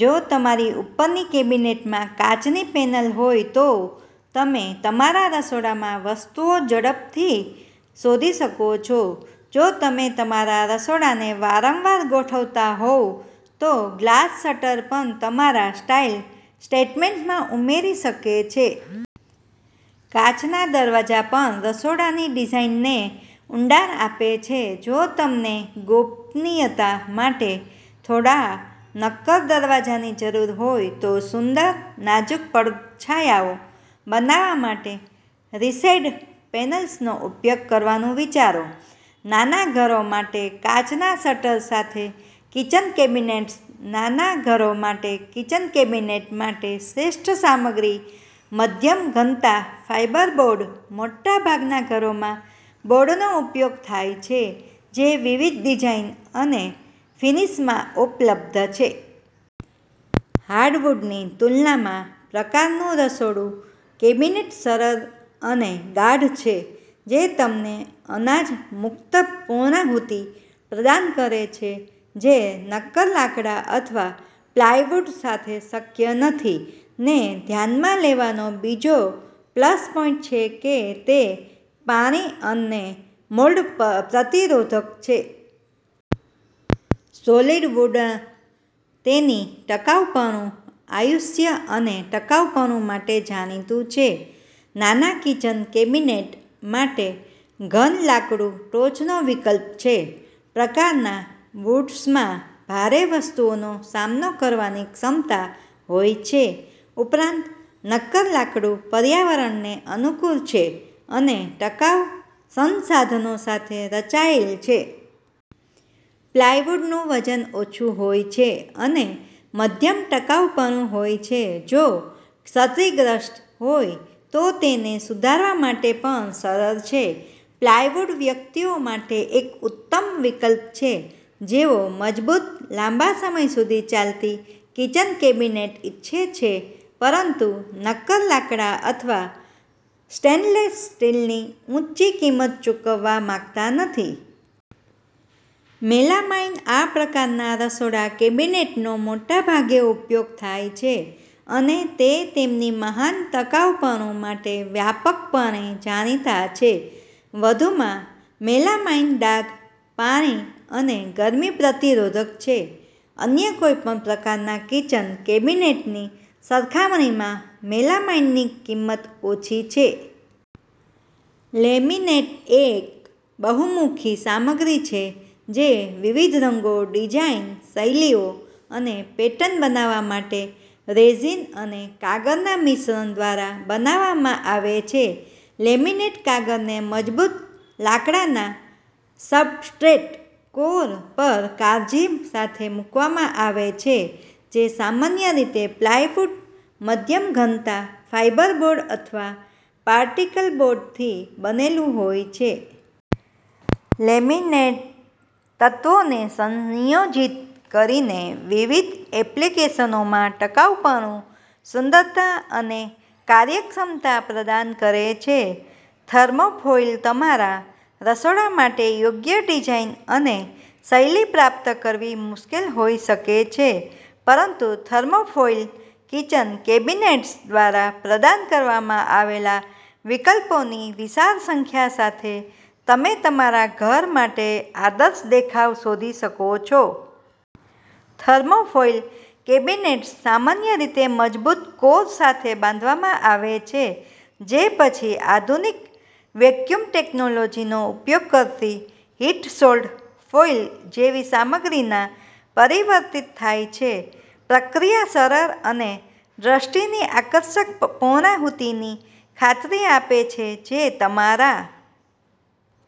જો તમારી ઉપરની કેબિનેટમાં કાચની પેનલ હોય તો તમે તમારા રસોડામાં વસ્તુઓ વધુ ઝડપથી શોધી શકો છો. જો તમે તમારા રસોડાને વારંવાર ગોઠવતા હોવ તો ગ્લાસ શટર પણ તમારા સ્ટાઇલ સ્ટેટમેન્ટમાં ઉમેરી શકે છે. કાચના દરવાજા પણ રસોડાની ડિઝાઇનને ઊંડાણ આપે છે. જો તમને ગોપનીયતા માટે થોડા નક્કર દરવાજાની જરૂર હોય, તો સુંદર, નાજુક પડછાયાઓ બનાવવા માટે રિસેસ્ડ પેનલ્સનો ઉપયોગ કરવાનું વિચારો. નાના ઘરો માટે કાચના શટર સાથે કિચન કેબિનેટ્સ નાના ઘરો માટે કિચન કેબિનેટ માટે શ્રેષ્ઠ સામગ્રી મધ્યમ-ઘનતા ફાઇબરબોર્ડ મોટાભાગના ઘરોમાં બોર્ડનો ઉપયોગ થાય છે, જે વિવિધ ડિઝાઇન અને ફિનિશમાં ઉપલબ્ધ છે. હાર્ડવુડની તુલનામાં, પ્રકારનું રસોડું કેબિનેટ સરળ અને ગાઢ છે, જે તમને અનાજ-મુક્ત પૂર્ણાહુતિ પ્રદાન કરે છે જે નક્કર લાકડા અથવા પ્લાયવુડ સાથે શક્ય નથી. ને ધ્યાનમાં લેવાનો બીજો પ્લસ પોઈન્ટછે કે તે પાણી અને મોલ્ડ પ્રતિરોધક છે. સોલિડ વુડતેની ટકાઉપણું, આયુષ્ય અને ટકાઉપણું માટે જાણીતું છે, નાના કિચન કેબિનેટ માટે ઘન લાકડું ટોચનો વિકલ્પ છે. પ્રકારના વૂડ્સમાં ભારે વસ્તુઓનો સામનો કરવાની ક્ષમતા હોય છે. ઉપરાંત, નક્કર લાકડું પર્યાવરણને અનુકૂળ છે અને ટકાઉ સંસાધનો સાથે રચાયેલ છે. પ્લાયવુડનું વજન ઓછું હોય છે, અને મધ્યમ ટકાઉપણું હોય છે. જો ક્ષતિગ્રસ્ત હોય તો તેને સુધારવા માટે પણ સરળ છે. પ્લાયવુડ વ્યક્તિઓ માટે એક ઉત્તમ વિકલ્પ છે જેઓ મજબૂત, લાંબા સમય સુધી ચાલતી કિચન કેબિનેટ ઇચ્છે છે પરંતુ નક્કર લાકડા અથવા સ્ટેનલેસ સ્ટીલની ઊંચી કિંમત ચૂકવવા માંગતા નથી. મેલામાઇન આ પ્રકારના રસોડા કેબિનેટનો મોટાભાગે ઉપયોગ થાય છે અને તે તેમની મહાન ટકાઉપણું માટે વ્યાપકપણે જાણીતા છે. વધુમાં, મેલામાઇન ડાઘ, પાણી અને ગરમી પ્રતિરોધક છે. અન્ય કોઈપણ પ્રકારના કિચન કેબિનેટની સરખામણીમાં મેલામાઈનની કિંમત ઓછી છે. લેમિનેટએક બહુમુખી સામગ્રી છે જે વિવિધ રંગો, ડિઝાઇન, શૈલીઓ અને પેટર્ન બનાવવા માટે રેઝિન અને કાગળના મિશ્રણ દ્વારા બનાવવામાં આવે છે. લેમિનેટ કાગળને મજબૂત લાકડાના સબસ્ટ્રેટ કોર પર કાળજી સાથે મૂકવામાં આવે છે, જે સામાન્ય રીતે પ્લાયવુડ, મધ્યમ-ઘનતા ફાઇબરબોર્ડ અથવા પાર્ટિકલબોર્ડથી બનેલું હોય છે. લેમિનેટતત્વોને સંયોજિત કરીને વિવિધ એપ્લિકેશનોમાં ટકાઉપણું, સુંદરતા અને કાર્યક્ષમતા પ્રદાન કરે છે. થર્મોફોઇલતમારા રસોડા માટે યોગ્ય ડિઝાઇન અને શૈલી પ્રાપ્ત કરવી મુશ્કેલ હોઈ શકે છે, પરંતુ થર્મોફોઇલ કિચન કેબિનેટ્સ દ્વારા પ્રદાન કરવામાં આવેલા વિકલ્પોની વિશાળ સંખ્યા સાથે, તમે તમારા ઘર માટે આદર્શ દેખાવ શોધી શકો છો. થર્મોફોઇલ કેબિનેટ્સ સામાન્ય રીતે મજબૂત કોર સાથે બાંધવામાં આવે છે જે પછી આધુનિક વેક્યૂમ ટેક્નોલોજીનો ઉપયોગ કરતી હીટ-સોલ્ડ ફોઇલ જેવી સામગ્રીમાં પરિવર્તિત થાય છે. પ્રક્રિયા સરળ અને દૃષ્ટિની આકર્ષક પૂર્ણાહુતિની ખાતરી આપે છે જે તમારા